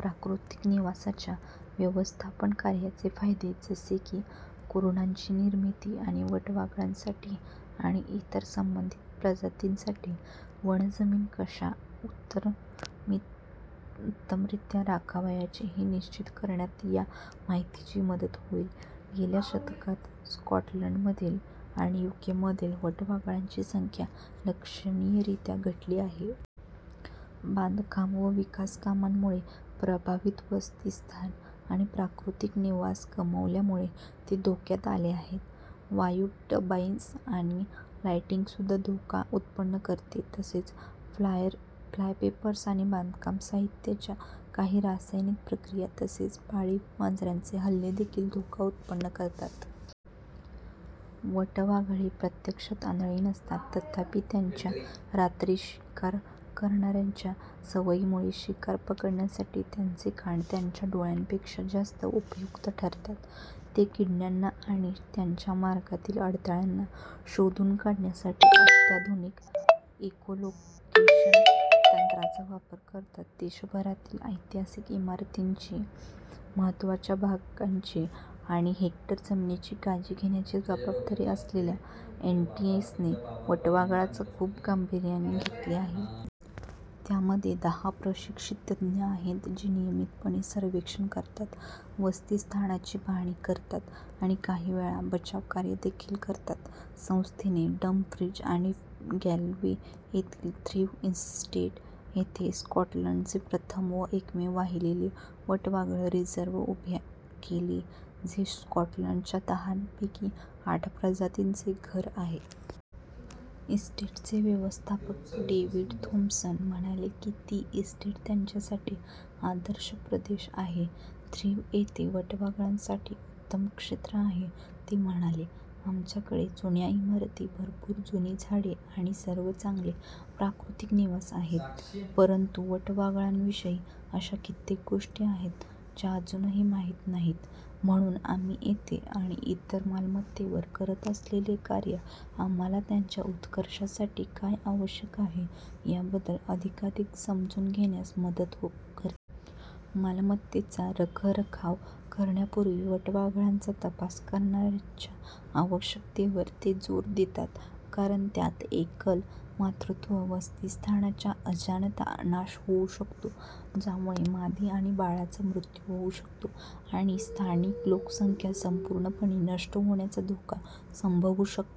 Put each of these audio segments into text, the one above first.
प्राकृतिक निवासाच्या व्यवस्थापन कार्याचे फायदे जसे की कुरणांची निर्मिती आणि वटवाघळांसाठी आणि इतर संबंधित प्रजातींसाठी वनजमिनी कशा उत्तमरित्या राखायच्या हे निश्चित करण्यात या माहितीची मदत होईल. गेल्या शतकात स्कॉटलंडमधील आणि युकेमधील वटवाघळांची संख्या लक्षणीयरित्या घटली आहे. बांधकाम व विकास कामांमुळे प्रभावित वसतिस्थान आणि प्राकृतिक निवास गमावल्यामुळे ते धोक्यात आले आहेत. वायु टर्बाइन्स आणि लायटिंगसुद्धा धोका उत्पन्न करते, तसेच फ्लायपेपर्स आणि बांधकाम साहित्याच्या काही रासायनिक प्रक्रिया, तसेच पाळीव मांजरींचे हल्ले देखील धोका उत्पन्न करतात. वटवाघळे प्रत्यक्षात आंधळी नसतात. तथापि, त्यांच्या रात्री शिकार करण्याच्या सवयीमुळे शिकार पकडण्यासाठी त्यांचे कान त्यांच्या डोळ्यांपेक्षा जास्त उपयुक्त ठरतात. ते किड्यांना आणि त्यांच्या मार्गातील अडथळ्यांना शोधून काढण्यासाठी अत्याधुनिक इको-लोकेशन तंत्राचा वापर करतात. देशभरातील ऐतिहासिक इमारतींची, महत्त्वाच्या बागांची आणि हेक्टर जमिनीची काळजी घेण्याची जबाबदारी असलेल्या एनटीएसने वटवाघळांना खूप गांभिर्याने घेतले आहे. त्यामध्ये दहा प्रशिक्षित तज्ज्ञ आहेत जे नियमितपणे सर्वेक्षण करतात, वसतिस्थानांची पाहणी करतात आणि काही वेळा बचावकार्य देखील करतात. संस्थेने डमफ्रीज आणि गॅलोवे येथील थ्रीव्ह इस्टेट येथे स्कॉटलँडचे प्रथम व एकमेव वाहिलेले वटवाघळ रिझर्व उभे केले जे स्कॉटलंडच्या दहापैकी आठ प्रजातींचे घर आहे. इस्टेटचे व्यवस्थापक डेव्हिड थॉम्पसन म्हणाले की ती इस्टेट त्यांच्यासाठी आदर्श प्रदेश आहे. "थ्रीव्ह येथे वटवाघळांसाठी उत्तम क्षेत्र आहे," ते म्हणाले. "आमच्याकडे जुन्या इमारती, भरपूर जुनी झाडे आणि सर्व चांगले प्राकृतिक निवास आहे. परंतु, वटवाघळांविषयी अशा कित्येक गोष्टी आहेत ज्या अजूनही माहीत नाहीत, म्हणून आम्ही येथे आणि इतर मालमत्तेवर करत असलेले कार्य आम्हाला त्यांच्या उत्कर्षासाठी काय आवश्यक आहे याबद्दल अधिकाधिक समजून घेण्यात मदत करेल. " मालमत्तेचा रखरखाव करण्यापूर्वी वटवाघळांचा तपास करण्याच्या आवश्यकतेवर ते जोर देतात कारण त्यात एकल मातृत्व वसतिस्थानाचा अजाणता नाश होऊ शकतो, ज्यामुळे मादी आणि बाळांचा मृत्यू होऊ शकतो, आणि स्थानिक लोकसंख्या संपूर्णपणे नष्ट होण्याचा धोका संभवू शकतो.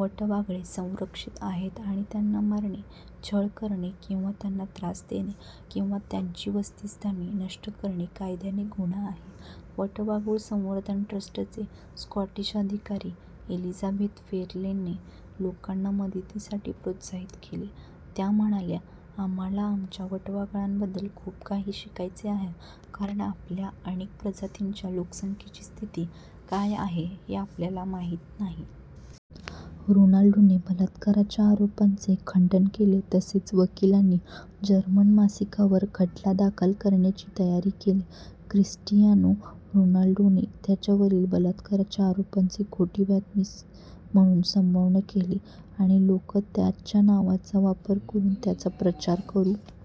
वटवाघळे संरक्षित आहेत आणि त्याना मारणे, छळ करणे किंवा त्यांना त्रास देणे किंवा त्यांची वसतिस्थाने नष्ट करणे कायद्याने गुन्हा आहे. वटवाघूळ संवर्धन ट्रस्टचे स्कॉटिश अधिकारी एलिझाबेथ फेरेलनी लोकांना मदतीसाठी प्रोत्साहित केले. त्या म्हणाल्या: "आम्हाला आमच्या वटवाघळांबद्दल खूप काही शिकायचे आहे कारण आपल्या अनेक प्रजातींच्या लोकसंख्येची स्थिती काय आहे हे आपल्याला माहीत नाही. " रोनाल्डोने बलात्काराच्या आरोपांचे खंडन केले तसेच वकिलांनी जर्मन मासिकावर खटला दाखल करण्याची तयारी केली क्रिस्टियानो रोनाल्डोने त्याच्यावरील बलात्काराच्या आरोपांची "खोटी बातमी" म्हणून संभावना केली आणि लोक त्याच्या नावाचा वापर करून "त्यांचा प्रचार करू